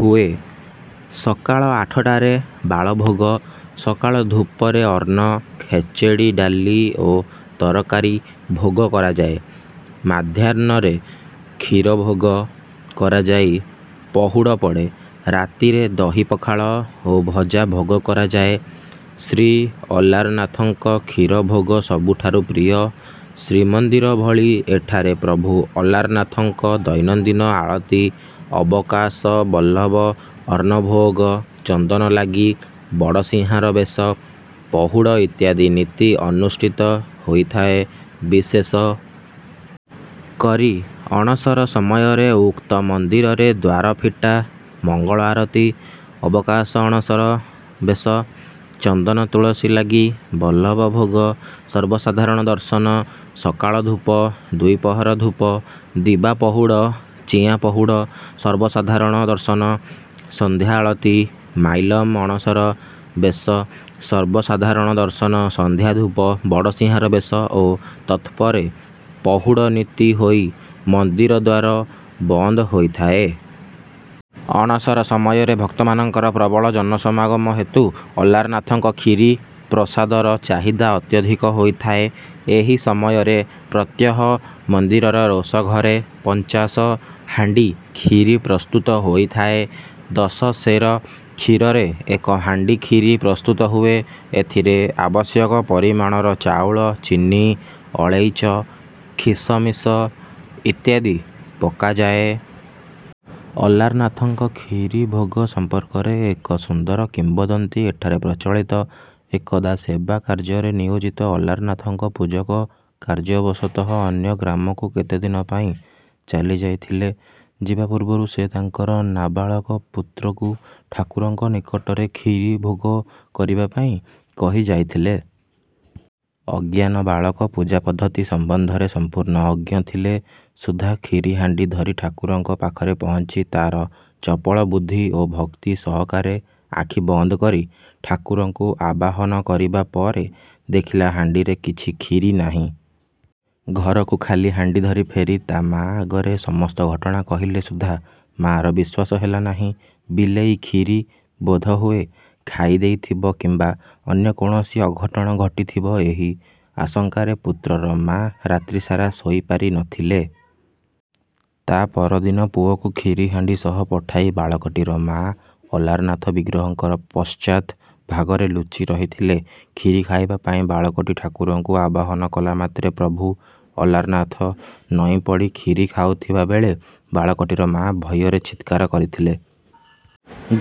ହୁଏ। ସକାଳ ଆଠଟାରେ ବାଳଭୋଗ, ସକାଳ ଧୂପରେ ଅନ୍ନ, ଖେଚେଡ଼ି, ଡାଲି ଓ ତରକାରୀ ଭୋଗ କରାଯାଏ। ମାଧ୍ୟାହ୍ନରେ କ୍ଷୀର ଭୋଗ କରାଯାଇ ପହୁଡ଼ ପଡ଼େ। ରାତିରେ ଦହି ପଖାଳ ଓ ଭଜା ଭୋଗ କରାଯାଏ। ଶ୍ରୀଅଲାରନାଥଙ୍କ କ୍ଷୀରି ଭୋଗ ସବୁଠାରୁ ପ୍ରିୟ। ଶ୍ରୀମନ୍ଦିର ଭଳି ଏଠାରେ ପ୍ରଭୁ ଅଲାରନାଥଙ୍କ ଦୈନନ୍ଦିନ ଆଳତି, ଅବକାଶ, ବଲ୍ଲଭ, ଅନ୍ନଭୋଗ, ଚନ୍ଦନ ଲାଗି, ବଡ଼ସିଂହାର ବେଶ, ପହୁଡ଼ ଇତ୍ୟାଦି ନୀତି ଅନୁଷ୍ଠିତ ହୋଇଥାଏ। ବିଶେଷ କରି ଅଣସର ସମୟରେ ଉକ୍ତ ମନ୍ଦିରରେ ଦ୍ୱାର ଫିଟା, ମଙ୍ଗଳ ଆରତୀ, ଅବକାଶ, ଅଣସର ବେଶ, ଚନ୍ଦନ ତୁଳସୀ ଲାଗି, ବଲ୍ଲଭ ଭୋଗ, ସର୍ବସାଧାରଣ ଦର୍ଶନ, ସକାଳ ଧୂପ, ଦ୍ୱିପହର ଧୂପ, ଦିବା ପହୁଡ଼, ଚିଆଁ ପହୁଡ଼, ସର୍ବସାଧାରଣ ଦର୍ଶନ, ସନ୍ଧ୍ୟା ଆଳତି, ମଇଲମ, ଅଣସର ବେଶ, ସର୍ବସାଧାରଣ ଦର୍ଶନ, ସନ୍ଧ୍ୟା ଧୂପ, ବଡ଼ସିଂହାର ବେଶ ଓ ତତ୍ପରେ ପହୁଡ଼ ନୀତି ହୋଇ ମନ୍ଦିର ଦ୍ୱାର ବନ୍ଦ ହୋଇଥାଏ। ଅଣସର ସମୟରେ ଭକ୍ତମାନଙ୍କର ପ୍ରବଳ ଜନସମାଗମ ହେତୁ ଅଲାରନାଥଙ୍କ କ୍ଷୀରି ପ୍ରସାଦର ଚାହିଦା ଅତ୍ୟଧିକ ହୋଇଥାଏ। ଏହି ସମୟରେ ପ୍ରତ୍ୟହ ମନ୍ଦିରର ରୋଷଘରେ ପଞ୍ଚାଶ ହାଣ୍ଡି କ୍ଷୀରି ପ୍ରସ୍ତୁତ ହୋଇଥାଏ। ଦଶ ସେର କ୍ଷୀରରେ ଏକ ହାଣ୍ଡି କ୍ଷୀରି ପ୍ରସ୍ତୁତ ହୁଏ। ଏଥିରେ ଆବଶ୍ୟକ ପରିମାଣର ଚାଉଳ, ଚିନି, ଅଳେଇଚ, ଖିସମିସ ଇତ୍ୟାଦି ପକାଯାଏ। ଅଲାରନାଥଙ୍କ କ୍ଷୀରିଭୋଗ ସମ୍ପର୍କରେ ଏକ ସୁନ୍ଦର କିମ୍ବଦନ୍ତୀ ଏଠାରେ ପ୍ରଚଳିତ। ଏକଦା ସେବା କାର୍ଯ୍ୟରେ ନିୟୋଜିତ ଅଲାରନାଥଙ୍କ ପୂଜକ କାର୍ଯ୍ୟବଶତଃ ଅନ୍ୟ ଗ୍ରାମକୁ କେତେଦିନ ପାଇଁ ଚାଲିଯାଇଥିଲେ। ଯିବା ପୂର୍ବରୁ ସେ ତାଙ୍କର ନାବାଳକ ପୁତ୍ରକୁ ଠାକୁରଙ୍କ ନିକଟରେ କ୍ଷୀରିଭୋଗ କରିବା ପାଇଁ କହି ଯାଇଥିଲେ। ଅଜ୍ଞାନ ବାଳକ ପୂଜା ପଦ୍ଧତି ସମ୍ବନ୍ଧରେ ସମ୍ପୂର୍ଣ୍ଣ ଅଜ୍ଞ ଥିଲେ ସୁଦ୍ଧା କ୍ଷୀରି ହାଣ୍ଡି ଧରି ଠାକୁରଙ୍କ ପାଖରେ ପହଞ୍ଚି ତାର ଚପଳ ବୁଦ୍ଧି ଓ ଭକ୍ତି ସହକାରେ ଆଖି ବନ୍ଦ କରି ଠାକୁରଙ୍କୁ ଆବାହନ କରିବା ପରେ ଦେଖିଲା ହାଣ୍ଡିରେ କିଛି କ୍ଷୀରି ନାହିଁ। ଘରକୁ ଖାଲି ହାଣ୍ଡି ଧରି ଫେରି ତା' ମା' ଆଗରେ ସମସ୍ତ ଘଟଣା କହିଲେ ସୁଦ୍ଧା ମା'ର ବିଶ୍ୱାସ ହେଲା ନାହିଁ। ବିଲେଇ କ୍ଷୀରି ବୋଧହୁଏ ଖାଇ ଦେଇଥିବ କିମ୍ବା ଅନ୍ୟ କୌଣସି ଅଘଟଣ ଘଟିଥିବ, ଏହି ଆଶଙ୍କାରେ ପୁତ୍ରର ମା' ରାତ୍ରିସାରା ଶୋଇ ପାରି ନ ଥିଲେ। ତା' ପରଦିନ ପୁଅକୁ କ୍ଷୀରି ହାଣ୍ଡି ସହ ପଠାଇ ବାଳକଟିର ମାଆ ଅଲାରନାଥ ବିଗ୍ରହଙ୍କର ପଶ୍ଚାତ୍ ଭାଗରେ ଲୁଚି ରହିଥିଲେ। କ୍ଷୀରି ଖାଇବା ପାଇଁ ବାଳକଟି ଠାକୁରଙ୍କୁ ଆବାହନ କଲା ମାତ୍ରେ, ପ୍ରଭୁ ଅଲାରନାଥ ନଇଁ ପଡ଼ି କ୍ଷୀରି ଖାଉଥିବା ବେଳେ ବାଳକଟିର ମା' ଭୟରେ ଚିତ୍କାର କରିଥିଲେ।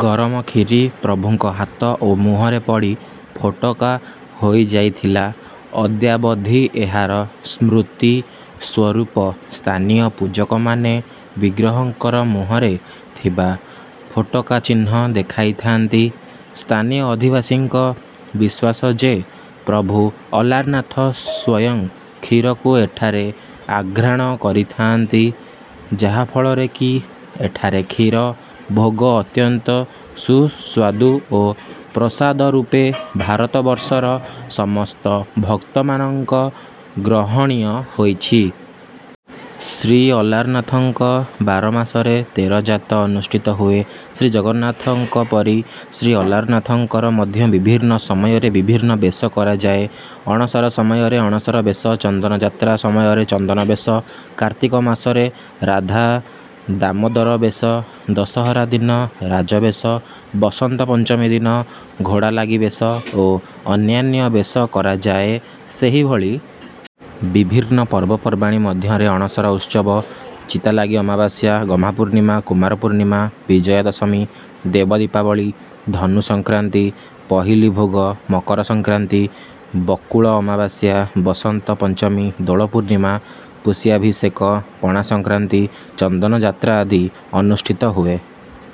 ଗରମ କ୍ଷୀରି ପ୍ରଭୁଙ୍କ ହାତ ଓ ମୁହଁରେ ପଡ଼ି ଫୋଟକା ହୋଇଯାଇଥିଲା। ଅଦ୍ୟାବଧି ଏହାର ସ୍ମୃତି ସ୍ୱରୂପ ସ୍ଥାନୀୟ ପୂଜକମାନେ ବିଗ୍ରହଙ୍କର ମୁହଁରେ ଥିବା ଫୋଟକା ଚିହ୍ନ ଦେଖାଇଥାନ୍ତି। ସ୍ଥାନୀୟ ଅଧିବାସୀଙ୍କ ବିଶ୍ୱାସ ଯେ, ପ୍ରଭୁ ଅଲାରନାଥ ସ୍ୱୟଂ କ୍ଷୀରକୁ ଏଠାରେ ଆଘ୍ରାଣ କରିଥାଆନ୍ତି, ଯାହାଫଳରେ କି ଏଠାରେ କ୍ଷୀର ଭୋଗ ଅତ୍ୟନ୍ତ ସୁସ୍ୱାଦୁ ଓ ପ୍ରସାଦ ରୂପେ ଭାରତବର୍ଷର ସମସ୍ତ ଭକ୍ତମାନଙ୍କ ଗ୍ରହଣୀୟ ହୋଇଛି। ଶ୍ରୀ ଅଲାରନାଥଙ୍କ ବାରମାସରେ ତେର ଯାତ ଅନୁଷ୍ଠିତ ହୁଏ। ଶ୍ରୀ ଜଗନ୍ନାଥଙ୍କ ପରି ଶ୍ରୀ ଅଲାରନାଥଙ୍କର ମଧ୍ୟ ବିଭିନ୍ନ ସମୟରେ ବିଭିନ୍ନ ବେଶ କରାଯାଏ। ଅଣସର ସମୟରେ ଅଣସର ବେଶ, ଚନ୍ଦନ ଯାତ୍ରା ସମୟରେ ଚନ୍ଦନ ବେଶ, କାର୍ତ୍ତିକ ମାସରେ ରାଧାଦାମୋଦର ବେଶ, ଦଶହରା ଦିନ ରାଜବେଶ, ବସନ୍ତ ପଞ୍ଚମୀ ଦିନ ଘୋଡ଼ାଲାଗି ବେଶ ଓ ଅନ୍ୟାନ୍ୟ ବେଶ କରାଯାଏ। ସେହିଭଳି ବିଭିନ୍ନ ପର୍ବପର୍ବାଣି ମଧ୍ୟରେ ଅଣସର ଉତ୍ସବ, ଚିତାଲାଗି ଅମାବାସ୍ୟା, ଗହ୍ମାପୂର୍ଣ୍ଣିମା, କୁମାର ପୂର୍ଣ୍ଣିମା, ବିଜୟା ଦଶମୀ, ଦେବ ଦୀପାବଳୀ, ଧନୁ ସଂକ୍ରାନ୍ତି, ପହିଲି ଭୋଗ, ମକର ସଂକ୍ରାନ୍ତି, ବକୁଳ ଅମାବାସ୍ୟା, ବସନ୍ତ ପଞ୍ଚମୀ, ଦୋଳ ପୂର୍ଣ୍ଣିମା, ପୁଷ୍ୟାଭିଷେକ, ପଣାସଂକ୍ରାନ୍ତି, ଚନ୍ଦନ ଯାତ୍ରା ଆଦି ଅନୁଷ୍ଠିତ ହୁଏ।